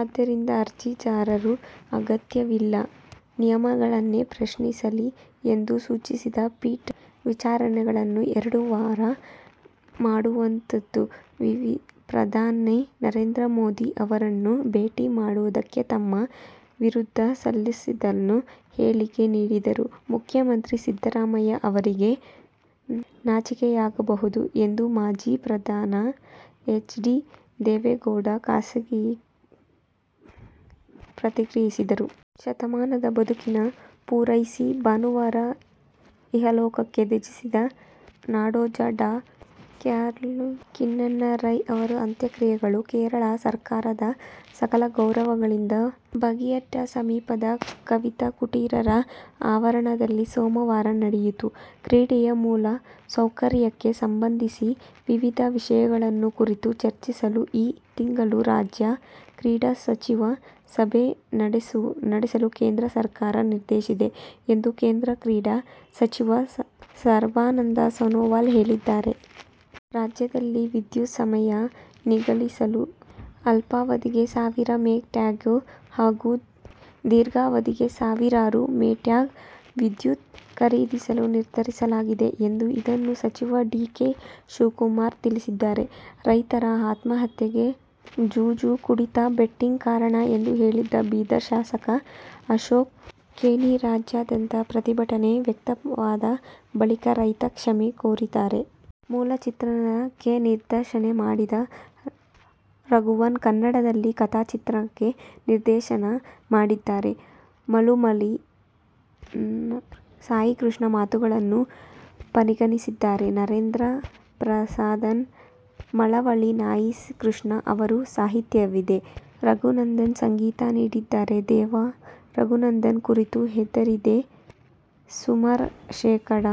ಆದ್ದರಿಂದ ಅರ್ಜಿದಾರರು ಅಗತ್ಯವಿದ್ದಲ್ಲಿ ನಿಯಮವನ್ನೇ ಪ್ರಶ್ನಿಸಲಿ ಎಂದು ಸೂಚಿಸಿದ ಪೀಠ ವಿಚಾರಣೆಯನ್ನು ಎರಡು ವಾರ ಮುಂದೂಡಿತು. ಪ್ರಧಾನಿ ನರೇಂದ್ರ ಮೋದಿ ಅವರನ್ನು ಭೇಟಿ ಮಾಡಿದ್ದಕ್ಕೆ ತಮ್ಮ ವಿರುದ್ಧ ಇಲ್ಲಸಲ್ಲದ ಹೇಳಿಕೆ ನೀಡುತ್ತಿರುವ ಮುಖ್ಯಮಂತ್ರಿ ಸಿದ್ದರಾಮಯ್ಯ ಅವರಿಗೆ ನಾಚಿಕೆಯಾಗಬೇಕು ಎಂದು ಮಾಜಿ ಪ್ರಧಾನಿ ಎಚ್. ಡಿ. ದೇವೇಗೌಡ ಖಾರವಾಗಿ ಪ್ರತಿಕ್ರಿಯಿಸಿದರು. ಶತಮಾನದ ಬದುಕನ್ನು ಪೂರೈಸಿ ಭಾನುವಾರ ಇಹಲೋಕ ತ್ಯಜಿಸಿದ ನಾಡೋಜ ಡಾ ಕಯ್ನಾರ ಕಿಞ್ಞಣ್ಣ ರೈ ಅವರ ಅಂತ್ಯಕ್ರಿಯೆಯು ಕೇರಳ ಸರ್ಕಾರದ ಸಕಲ ಗೌರವಗಳೊಂದಿಗೆ ಬದಿಯಡ್ಕ ಸಮೀಪದ ಕವಿತಾ ಕುಟೀರದ ಆವರಣದಲ್ಲಿ ಸೋಮವಾರ ನಡೆಯಿತು. ಕ್ರೀಡೆಯ ಮೂಲ ಸೌಕರ್ಯಕ್ಕೆ ಸಂಬಂಧಿಸಿ ವಿವಿಧ ವಿಷಯಗಳ ಕುರಿತು ಚರ್ಚಿಸಲು ಈ ತಿಂಗಳು ರಾಜ್ಯ ಕ್ರೀಡಾ ಸಚಿವರ ಸಭೆ ನಡೆಸಲು ಕೇಂದ್ರ ಸರಕಾರ ನಿರ್ಧರಿಸಿದೆ ಎಂದ ಕೇಂದ್ರದ ಕ್ರೀಡಾ ಸಚಿವ ಸರ್ಬಾನಂದ ಸೊನೋವಾಲ್ ಹೇಳಿದ್ದಾರೆ. ರಾಜ್ಯದಲ್ಲಿನ ವಿದ್ಯುತ್ ಸಮಸ್ಯೆ ನೀಗಿಸಲು ಅಲ್ಪಾವಧಿಗೆ ಸಾವಿರ ಮೆಗಾವ್ಯಾಟ್ ಹಾಗೂ ದೀರ್ಘಾವಧಿಗೆ ಸಾವಿರ ಮೆಗಾವ್ಯಾಟ್ ವಿದ್ಯುತ್ ಖರೀದಿಸಲು ನಿರ್ಧರಿಸಲಾಗಿದೆ ಎಂದು ಇಂಧನ ಸಚಿವ ಡಿ. ಕೆ. ಶಿವಕುಮಾರ್ ತಿಳಿಸಿದ್ದಾರೆ. ರೈತರ ಆತ್ಮಹತ್ಯೆಗೆ ಜೂಜು, ಕುಡಿತ, ಬೆಟ್ಟಿಂಗ್ ಕಾರಣ ಎಂದು ಹೇಳಿದ್ದ ಬೀದರ ಶಾಸಕ ಅಶೋಕ ಖೇಣಿ ರಾಜ್ಯಾದ್ಯಂತ ಪ್ರತಿಭಟನೆ ವ್ಯಕ್ತವಾದ ಬಳಿಕ ರೈತರ ಕ್ಷಮೆ ಕೋರಿದ್ದಾರೆ. ಮೂಲ ಚಿತ್ರಕ್ಕೆ ನಿರ್ದೇಶನ ಮಾಡಿದ್ದ ರಾಘವನ್, ಕನ್ನಡದಲ್ಲಿ ಕಥೆ-ಚಿತ್ರಕತೆ-ನಿರ್ದೇಶನ ಮಾಡುತ್ತಿದ್ದಾರೆ. ಮಳವಳ್ಳಿ ಸಾಯಿಕೃಷ್ಣ ಮಾತುಗಳನ್ನು ಪೋಣಿಸಿದ್ದಾರೆ. ನಾಗೇಂದ್ರಪ್ರಸಾದ್, ಮಳವಳ್ಳಿ ಸಾಯಿಕೃಷ್ಣ ಅವರ ಸಾಹಿತ್ಯವಿದೆ. ರಘುನಂದನ್ ಸಂಗೀತ ನೀಡಿದ್ದಾರೆ. ದೇವ ರಾಘವನ್ ಕತ್ತರಿ ಹಿಡಿದರೆ, ಸೋಮಶೇಖರ್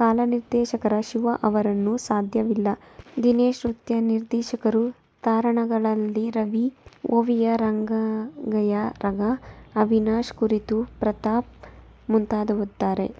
ಕಲಾನಿರ್ದೇಶಕರು. ಶಿವು ಆವರ ಸಾಹಸವಿದೆ. ದಿನೇಶ್ ನೃತ್ಯ ನಿರ್ದೇಶಕರು. ತಾರಾಗಣದಲ್ಲಿ – ರವಿ, ಓವಿಯಾ, ರಂಗಾಯಣ ರಘು, ಅವಿನಾಶ್, ಕುರಿ ಪ್ರತಾಪ್, ಮುಂತಾದವರಿದ್ದಾರೆ.